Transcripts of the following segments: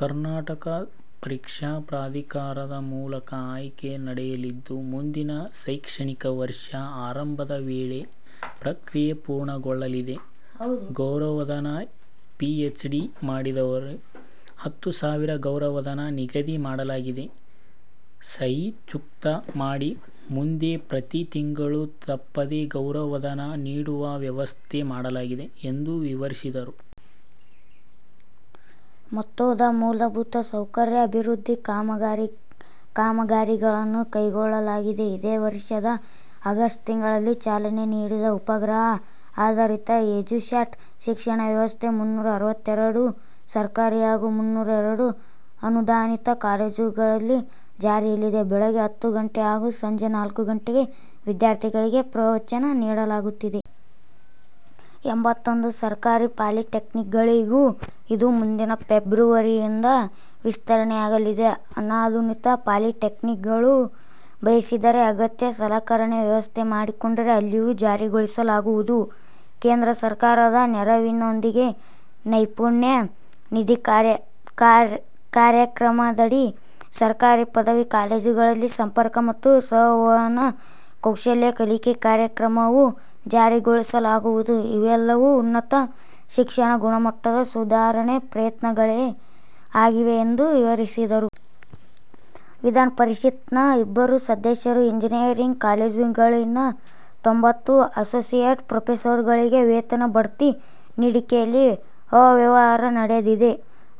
ಕರ್ನಾಟಕ ಪರೀಕ್ಷಾ ಪ್ರಾಧಿಕಾರದ ಮೂಲಕ ಆಯ್ಕೆ ನಡೆಯಲಿದ್ದು, ಮುಂದಿನ ಶೈಕ್ಷಣಿಕ ವರ್ಷ ಆರಂಭದ ವೇಳೆಗೆ ಪ್ರಕ್ರಿಯೆ ಪೂರ್ಣಗೊಳ್ಳಲಿದೆ. ಗೌರವಧನ, ಪಿಎಚ್‌ಡಿ ಮಾಡಿದ್ದರೆ ಹತ್ತು ಸಾವಿರ ಗೌರವಧನ ನಿಗದಿ ಮಾಡಲಾಗಿದೆ. ಸಹಿ ಚುಕ್ತಾ ಮಾಡಿ ಮುಂದೆ ಪ್ರತಿ ತಿಂಗಳು ತಪ್ಪದೆ ಗೌರವಧನ ನೀಡುವ ವ್ಯವಸ್ಥೆ ಮಾಡಲಾಗಿದೆ ಎಂದು ವಿವರಿಸಿದರು. ಮೊತ್ತದ ಮೂಲಭೂತ ಸೌಕರ್ಯ ಅಭಿವೃದ್ಧಿ ಕಾಮಗಾರಿಗಳನ್ನು ಕೈಗೊಳ್ಳಲಾಗಿದೆ. ಇದೇ ವರ್ಷದ ಆಗಸ್ಟ್ ತಿಂಗಳಲ್ಲಿ ಚಾಲನೆ ನೀಡಿದ ಉಪಗ್ರಹ ಆಧಾರಿತ ಎಜುಸ್ಯಾಟ್ ಶಿಕ್ಷಣ ವ್ಯವಸ್ಥೆ ಮುನ್ನೂರ ಅರವತ್ತೆರಡು ಸರ್ಕಾರಿ ಹಾಗೂ ಮುನ್ನೂರ ಎರಡು ಅನುದಾನಿತ ಕಾಲೇಜುಗಳಲ್ಲಿ ಜಾರಿಯಲ್ಲಿದೆ. ಬೆಳಗ್ಗೆ ಹತ್ತು ಗಂಟೆ ಹಾಗೂ ಸಂಜೆ ನಾಲ್ಕು ಗಂಟೆಗೆ ವಿದ್ಯಾರ್ಥಿಗಳಿಗೆ ಪ್ರವಚನ ನೀಡಲಾಗುತ್ತಿದೆ. ಎಂಬತ್ತೊಂದು ಸರ್ಕಾರಿ ಪಾಲಿಟೆಕ್ನಿಕ್‌ಗಳಿಗೂ ಇದು ಮುಂದಿನ ಫೆಬ್ರವರಿಯಿಂದ ವಿಸ್ತರಣೆಯಾಗಲಿದೆ. ಅನುದಾನಿತ ಪಾಲಿಟೆಕ್ನಿಕ್‌ಗಳು ಬಯಸಿದರೆ ಅಗತ್ಯ ಸಲಕರಣೆ ವ್ಯವಸ್ಥೆ ಮಾಡಿಕೊಂಡರೆ ಅಲ್ಲಿಯೂ ಜಾರಿಗೊಳಿಸಲಾಗುವುದು. ಕೇಂದ್ರ ಸರ್ಕಾರದ ನೆರವಿನೊಂದಿಗೆ ನೈಪುಣ್ಯ ನಿಧಿ ಕಾರ್ಯಕ್ರಮದಡಿ ಸರ್ಕಾರಿ ಪದವಿ ಕಾಲೇಜುಗಳಲ್ಲಿ ಸಂಪರ್ಕ ಮತ್ತು ಸಂವಹನ ಕೌಶಲ್ಯ ಕಲಿಕೆ ಕಾರ್ಯಕ್ರಮವೂ ಜಾರಿಗೊಳಿಸಲಾಗುವುದು. ಇವೆಲ್ಲವೂ ಉನ್ನತ ಶಿಕ್ಷಣ ಗುಣಮಟ್ಟ ಸುಧಾರಣೆ ಪ್ರಯತ್ನಗಳೇ ಆಗಿವೆ ಎಂದು ವಿವರಿಸಿದರು. ವಿಧಾನ ಪರಿಷತ್ತಿನ ಇಬ್ಬರು ಸದಸ್ಯರು ಎಂಜಿನಿಯರಿಂಗ್ ಕಾಲೇಜುಗಳಲ್ಲಿನ ತೊಂಬತ್ತು ಅಸೋಸಿಯೇಟ್ ಪ್ರೊಫೆಸರ್‌ಗಳಿಗೆ ವೇತನ ಬಡ್ತಿ ನೀಡಿಕೆಯಲ್ಲಿ ಅವ್ಯವಹಾರ ನಡೆದಿದೆ.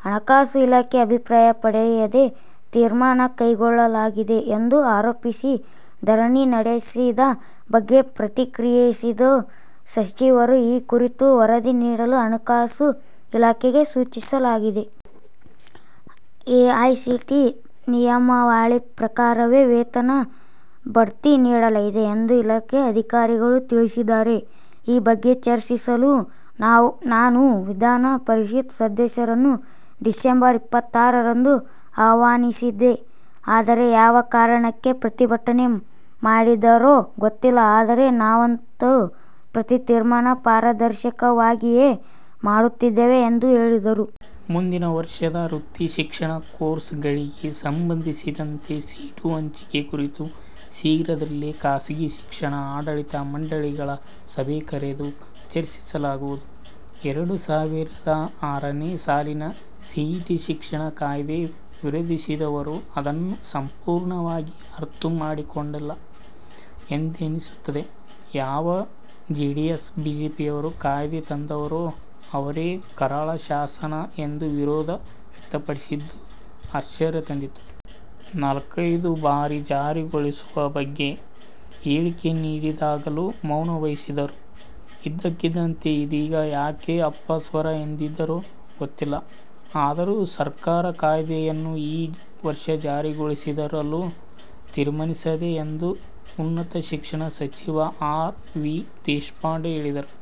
ಹಣಕಾಸು ಇಲಾಖೆ ಅಭಿಪ್ರಾಯ ಪಡೆಯದೆ ತೀರ್ಮಾನ ಕೈಗೊಳ್ಳಲಾಗಿದೆ ಎಂದು ಆರೋಪಿಸಿ ಧರಣಿ ನಡೆಸಿದ ಬಗ್ಗೆ ಪ್ರತಿಕ್ರಿಯಿಸಿದ ಸಚಿವರು, ಈ ಕುರಿತು ವರದಿ ನೀಡಲು ಹಣಕಾಸು ಇಲಾಖೆಗೆ ಸೂಚಿಸಲಾಗಿದೆ. ಎಐಸಿಟಿ ನಿಯಮಾವಳಿ ಪ್ರಕಾರವೇ ವೇತನ ಬಡ್ತಿ ನೀಡಲಾಗಿದೆ ಎಂದು ಇಲಾಖೆ ಅಧಿಕಾರಿಗಳು ತಿಳಿಸಿದ್ದಾರೆ. ಈ ಬಗ್ಗೆ ಚರ್ಚಿಸಲು ನಾನು ವಿಧಾನ ಪರಿಷತ್ ಸದಸ್ಯರನ್ನು ಡಿಸೆಂಬರ್ ಇಪ್ಪತ್ತರಂದು ಆಹ್ವಾನಿಸಿದ್ದೆ. ಆದರೆ, ಯಾವ ಕಾರಣಕ್ಕೆ ಪ್ರತಿಭಟನೆ ಮಾಡಿದರೋ ಗೊತ್ತಿಲ್ಲ. ಆದರೆ, ನಾವಂತೂ ಪ್ರತಿ ತೀರ್ಮಾನ ಪಾರದರ್ಶಕವಾಗಿಯೇ ಮಾಡುತ್ತಿದ್ದೇವೆ ಎಂದು ಹೇಳಿದರು. ಮುಂದಿನ ವರ್ಷದ ವೃತ್ತಿ ಶಿಕ್ಷಣ ಕೋರ್ಸ್‌ಗಳಿಗೆ ಸಂಬಂಧಿಸಿದಂತೆ ಸೀಟು ಹಂಚಿಕೆ ಕುರಿತು ಶೀಘ್ರದಲ್ಲೇ ಖಾಸಗಿ ಶಿಕ್ಷಣ ಆಡಳಿತ ಮಂಡಳಿಗಳ ಸಭೆ ಕರೆದು ಚರ್ಚಿಸಲಾಗುವುದು. ಎರಡು ಸಾವಿರದ ಆರನೇ ಸಾಲಿನ ಸಿಇಟಿ ಶಿಕ್ಷಣ ಕಾಯ್ದೆ ವಿರೋಧಿಸಿದವರು ಅದನ್ನು ಸಂಪೂರ್ಣವಾಗಿ ಅರ್ಥ ಮಾಡಿಕೊಂಡಿಲ್ಲ ಎಂದೆನಿಸುತ್ತದೆ. ಯಾವ ಜೆಡಿಎಸ್-ಬಿಜೆಪಿಯವರು ಕಾಯ್ದೆ ತಂದರೋ ಅವರೇ ಕರಾಳ ಶಾಸನ ಎಂದು ವಿರೋಧ ವ್ಯಕ್ತಪಡಿಸಿದ್ದು ಆಶ್ಚರ್ಯ ತಂದಿತು. ನಾಲ್ಕೈದು ಬಾರಿ ಕಾಯ್ದೆ ಜಾರಿಗೊಳಿಸುವ ಬಗ್ಗೆ ಹೇಳಿಕೆ ನೀಡಿದಾಗಲೂ ಮೌನವಹಿಸಿದ್ದವರು ಇದ್ದಕ್ಕಿದ್ದಂತೆ ಇದೀಗ ಯಾಕೆ ಅಪಸ್ವರ ಎತ್ತಿದರೋ ಗೊತ್ತಿಲ್ಲ. ಆದರೂ ಸರ್ಕಾರ ಆ ಕಾಯ್ದೆಯನ್ನು ಈ ವರ್ಷ ಜಾರಿಗೊಳಿಸದಿರಲು ತೀರ್ಮಾನಿಸಿದೆ ಎಂದು ಉನ್ನತ ಶಿಕ್ಷಣ ಸಚಿವ ಆರ್. ವಿ. ದೇಶಪಾಂಡೆ ಹೇಳಿದರು.